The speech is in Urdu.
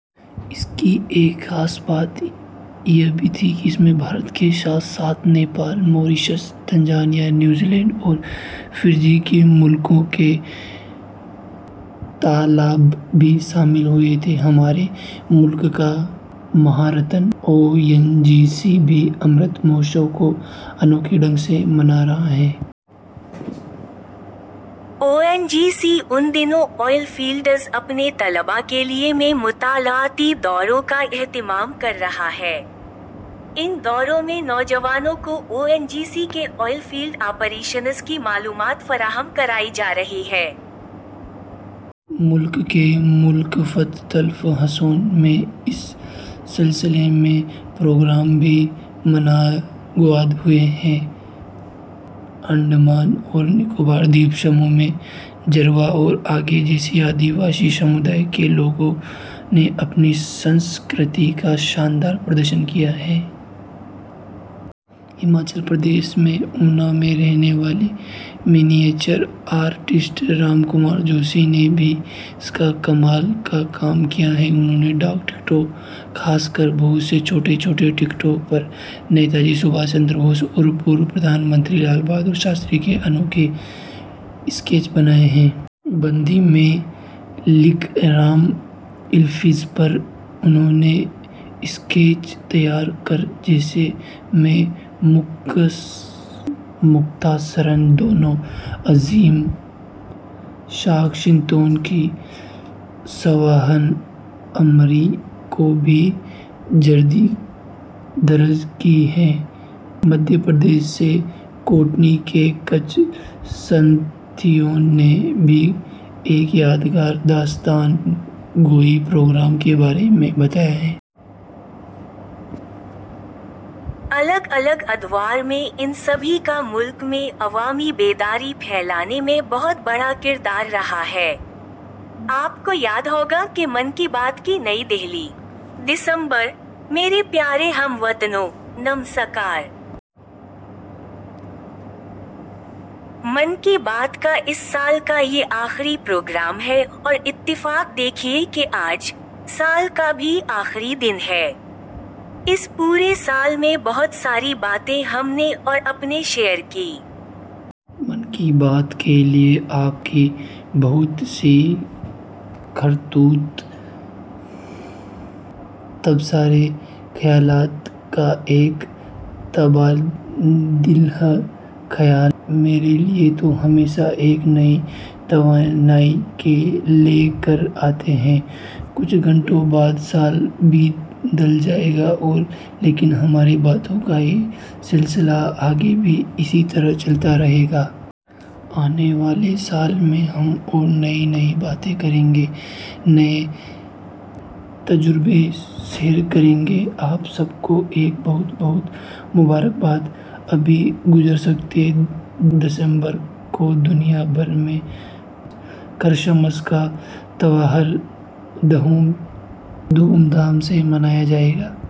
خاص بات یہ بھی رہی کہ اس میں بھارت کے ساتھ ہی Nepal, Mauritius, Tanzania, New Zealand اور فجی کے طلبا بھی شامل ہوئے۔ ہمارے ملک کا مہارتن او این جی سی۔ او این جی سی بھی کچھ الگ طریقے سے امرت مہوتسو منا رہا ہے۔ او این جی سی ان دنوں آئل فیلڈز اپنے طلباء کے لیے میں مطالعاتی دوروں کا اہتمام کر رہا ہے۔ ان دوروں میں، نوجوانوں کو او این جی سی کے آئل فیلڈ آپریشنز کی معلومات فراہم کرائی جارہی ہے۔ ملک کے مختلف حصوں میں اس سلسلے میں پروگرام بھی منعقد ہوئے۔ جزائر انڈمان اور نکوبار میں، جاروا اور اونگے، ایسی قبائلی برادریوں کے لوگوں نے اپنی ثقافت کا شاندار مظاہرہ کیا۔ ایک کمال کا کام ہماچل پردیش میں اونا کے miniature writer Ram Kumar Joshi نے بھی کیا ہے، انہوں نے ڈاک ٹکٹوں پر ہی یعنی تنے چھوٹی ڈاکٹ ٹکٹوں پر نیتا جی سبھاش چندر بوس اور سابق وزیر اعظم لال بہادر شاستری جی کے منفرد اسکیچ بنائے۔ ہندی میں لکھے 'رام' لفظ پر انہوں نے اسکیچ تیار کئے جس میں مختصراً دونوں عظیم شخصیتوں کی سوانح عمری کو بھی درج کی ہے۔ مدھیہ پردیش کے کٹنی کے کچھ ساتھیوں نے بھی ایک یادگار داستان گوئی پروگرام کے بارے میں بتایا ہے۔ الگ الگ ادوار میں ان سبھی کا ملک میں عوامی بیداری پھیلانے میں بہت بڑا کردار رہا ہے۔ آپ کو یاد ہوگا ں کہ 'من کی بات' کی. نئی دہلی۔ دسمبر ؛ میرے پیارے ہم وطنوں، نمسکار۔ من کی بات کا اس سال کا یہ آخری پروگرام ہے اور اتفاق دیکھیے کہ آج، سال کا بھی آخری دن ہے۔ اس پورے سال میں بہت ساری باتیں ہم نے اور آپنے شیئر کی۔ من کی بات کے لیے آپ کے بہت سے خطوط، تبصرے ، خیالات کا یہ تبادلۂ خیال ، میرے لیے تو ہمیشہ ایک نئی توانائی لے کر آتا ہے۔ کچھ گھنٹوں بعد، سال بدل جائے گا لیکن ہماری باتوں کا یہ سلسلہ آگے بھی اسی طرح جاری رہے گا۔ آنے والے سال میں ہم ، اور نئی نئی باتیں کریں گے، نئے تجربے شیئر کریں گے۔ آپ سب کو کی بہت بہت مبارکباد۔ ابھی گزشتہ دنوں دسمبر کو دنیا بھر میں کرسمس کا تہوار دھوم دھام سے منایا گیا۔